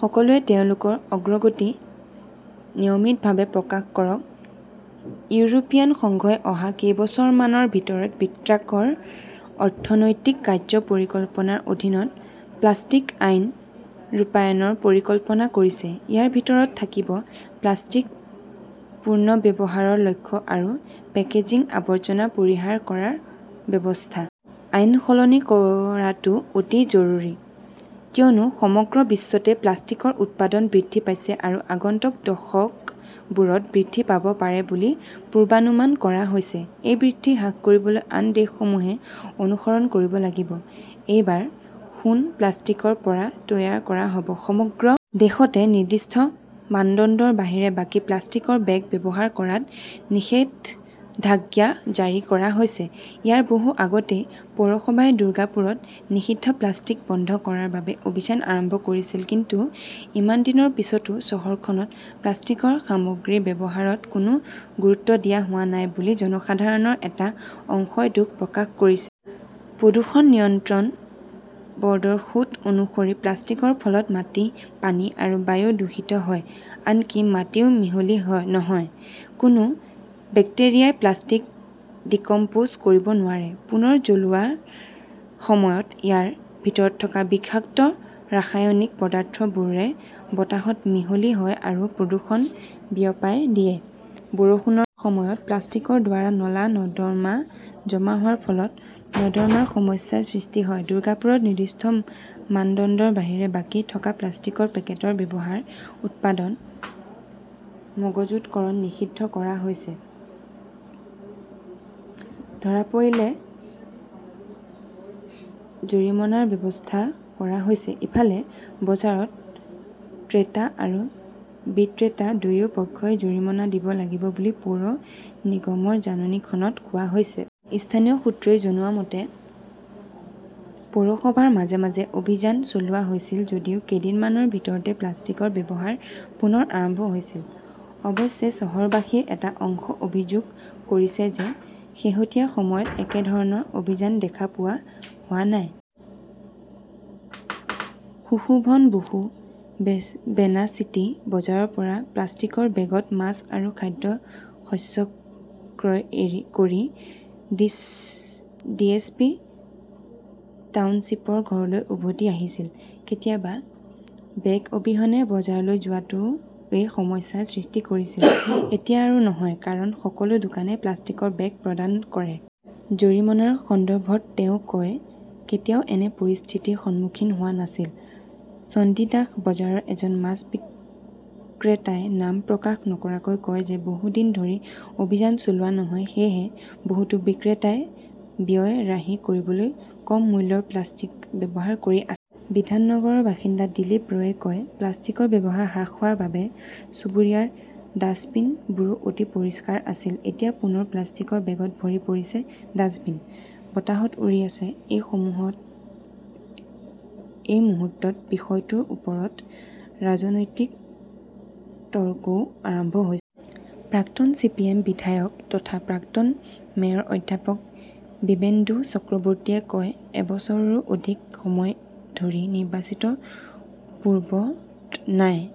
সকলোৱে তেওঁলোকৰ অগ্ৰগতি নিয়মিতভাৱে প্ৰকাশ কৰক। ইউৰোপীয় সংঘই অহা কেইবছৰমানৰ ভিতৰত বৃত্তাকাৰ অৰ্থনৈতিক কাৰ্য্য পৰিকল্পনাৰ অধীনত প্লাষ্টিক আইন ৰূপায়ণৰ পৰিকল্পনা কৰিছে। ইয়াৰ ভিতৰত থাকিব প্লাষ্টিক পুনৰ্ব্যৱহাৰৰ লক্ষ্য আৰু পেকেজিং আৱৰ্জনা পৰিহাৰ কৰাৰ ব্যৱস্থা। আইন সলনি কৰাটো অতি জৰুৰী। কিয়নো সমগ্ৰ বিশ্বতে প্লাষ্টিকৰ উৎপাদন বৃদ্ধি পাইছে আৰু আগন্তুক দশকবোৰত বৃদ্ধি পাব পাৰে বুলি পূৰ্বানুমান কৰা হৈছে। এই বৃদ্ধি হ্ৰাস কৰিবলৈ আন দেশসমূহে অনুসৰণ কৰিব লাগিব। এইবাৰ সোণ প্লাষ্টিকৰ পৰা তৈয়াৰ কৰা হ'ব! সমগ্ৰ দেশতে নিৰ্দিষ্ট মানদণ্ডৰ বাহিৰে বাকী প্লাষ্টিকৰ বেগ ব্যৱহাৰ কৰাত নিষেধাজ্ঞা জাৰি কৰা হৈছে। ইয়াৰ বহু আগতেই পৌৰসভাই দুৰ্গাপুৰত নিষিদ্ধ প্লাষ্টিক বন্ধ কৰাৰ বাবে অভিযান আৰম্ভ কৰিছিল। কিন্তু ইমান দিনৰ পিছতো চহৰখনত প্লাষ্টিকৰ সামগ্ৰীৰ ব্যৱহাৰত কোনো গুৰুত্ব দিয়া হোৱা নাই বুলি জনসাধাৰণৰ এটা অংশই দুখ প্ৰকাশ কৰিছে। প্ৰদূষণ নিয়ন্ত্ৰণ ব'ৰ্ডৰ সূত্ৰ অনুসৰি প্লাষ্টিকৰ ফলত মাটি, পানী আৰু বায়ু দূষিত হয়। আনকি মাটিতও মিহলি নহয়। কোনো বেক্টেৰিয়াই প্লাষ্টিক 'ডিকম্প'জ' কৰিব নোৱাৰে। পুনৰ জ্বলোৱাৰ সময়ত ইয়াৰ ভিতৰত থকা বিষাক্ত ৰাসায়নিক পদাৰ্থবোৰে বতাহত মিহলি হয় আৰু প্ৰদূষণ বিয়পাই দিয়ে। বৰষুণৰ সময়ত প্লাষ্টিকৰ দ্বাৰা নলা-নৰ্দমা জমা হোৱাৰ ফলত নৰ্দমাৰ সমস্যাৰ সৃষ্টি হয়। দুৰ্গাপুৰত নিৰ্দিষ্ট মানদণ্ডৰ বাহিৰে বাকী থকা প্লাষ্টিকৰ পেকেটৰ ব্যৱহাৰ, উৎপাদন, মজুতকৰণ নিষিদ্ধ কৰা হৈছে। ধৰা পৰিলে জৰিমনাৰ ব্যৱস্থা কৰা হৈছে। ইফালে, বজাৰত ক্ৰেতা আৰু বিক্ৰেতা দুয়ো পক্ষই জৰিমনা দিব লাগিব বুলি পৌৰ নিগমৰ জাননীখনত কোৱা হৈছে। স্থানীয় সূত্ৰই জনোৱা মতে, পৌৰসভাৰ মাজে মাজে অভিযান চলোৱা হৈছিল যদিও কেইদিনমানৰ ভিতৰতে প্লাষ্টিকৰ ব্যৱহাৰ পুনৰ আৰম্ভ হৈছিল! অৱশ্যে, চহৰবাসীৰ এটা অংশই অভিযোগ কৰিছে যে শেহতীয়া সময়ত একেধৰণৰ অভিযান দেখা পোৱা হোৱা নাই। সুশোভন বসু বেনাচিটি বজাৰৰ পৰা প্লাষ্টিকৰ বেগত মাছ আৰু খাদ্যশস্য ক্ৰয় কৰি ডিএছপি টাউনশ্বিপৰ ঘৰলৈ উভতি আহিছিল।"কেতিয়াবা বেগ অবিহনে বজাৰলৈ যোৱাটোৱে সমস্যাৰ সৃষ্টি কৰিছিল।"এতিয়া আৰু নহয়। কাৰণ, সকলো দোকানে প্লাষ্টিকৰ বেগ প্ৰদান কৰে। "জৰিমনাৰ সন্দৰ্ভত তেওঁ কয়", "কেতিয়াও এনে পৰিস্থিতিৰ সন্মুখীন হোৱা নাছিল। " "চণ্ডীদাস বজাৰৰ এজন মাছ বিক্ৰেতাই নাম প্ৰকাশ নকৰাকৈ কয় যে বহু দিন ধৰি অভিযান চলোৱা নহয়।" সেয়েহে, বহুতো বিক্ৰেতাই ব্যয় ৰাহি কৰিবলৈ কম মূল্যৰ প্লাষ্টিক ব্যৱহাৰ কৰি আছে। বিধাননগৰৰ বাসিন্দা দিলীপ ৰয়ে কয়, "প্লাষ্টিকৰ ব্যৱহাৰ হ্ৰাস হোৱাৰ বাবে চুবুৰীয়াৰ ডাষ্টবিন বোৰো অতি পৰিষ্কাৰ আছিল। এতিয়া পুনৰ প্লাষ্টিকৰ বেগত ভৰি পৰিছে ডাষ্টবিন। বতাহত উৰি আছে। "এই মুহূৰ্তত, বিষয়টোৰ ওপৰত ৰাজনৈতিক তৰ্কও আৰম্ভ হৈছে। প্ৰাক্তন চি. পি. এম. বিধায়ক তথা প্ৰাক্তন মেয়ৰ অধ্যাপক বিব্ৰেন্দু চক্ৰৱৰ্তীয়ে কয়, "এবছৰৰো অধিক সময় ধৰি নিৰ্বাচিত পুৰব'ৰ্ড নাই।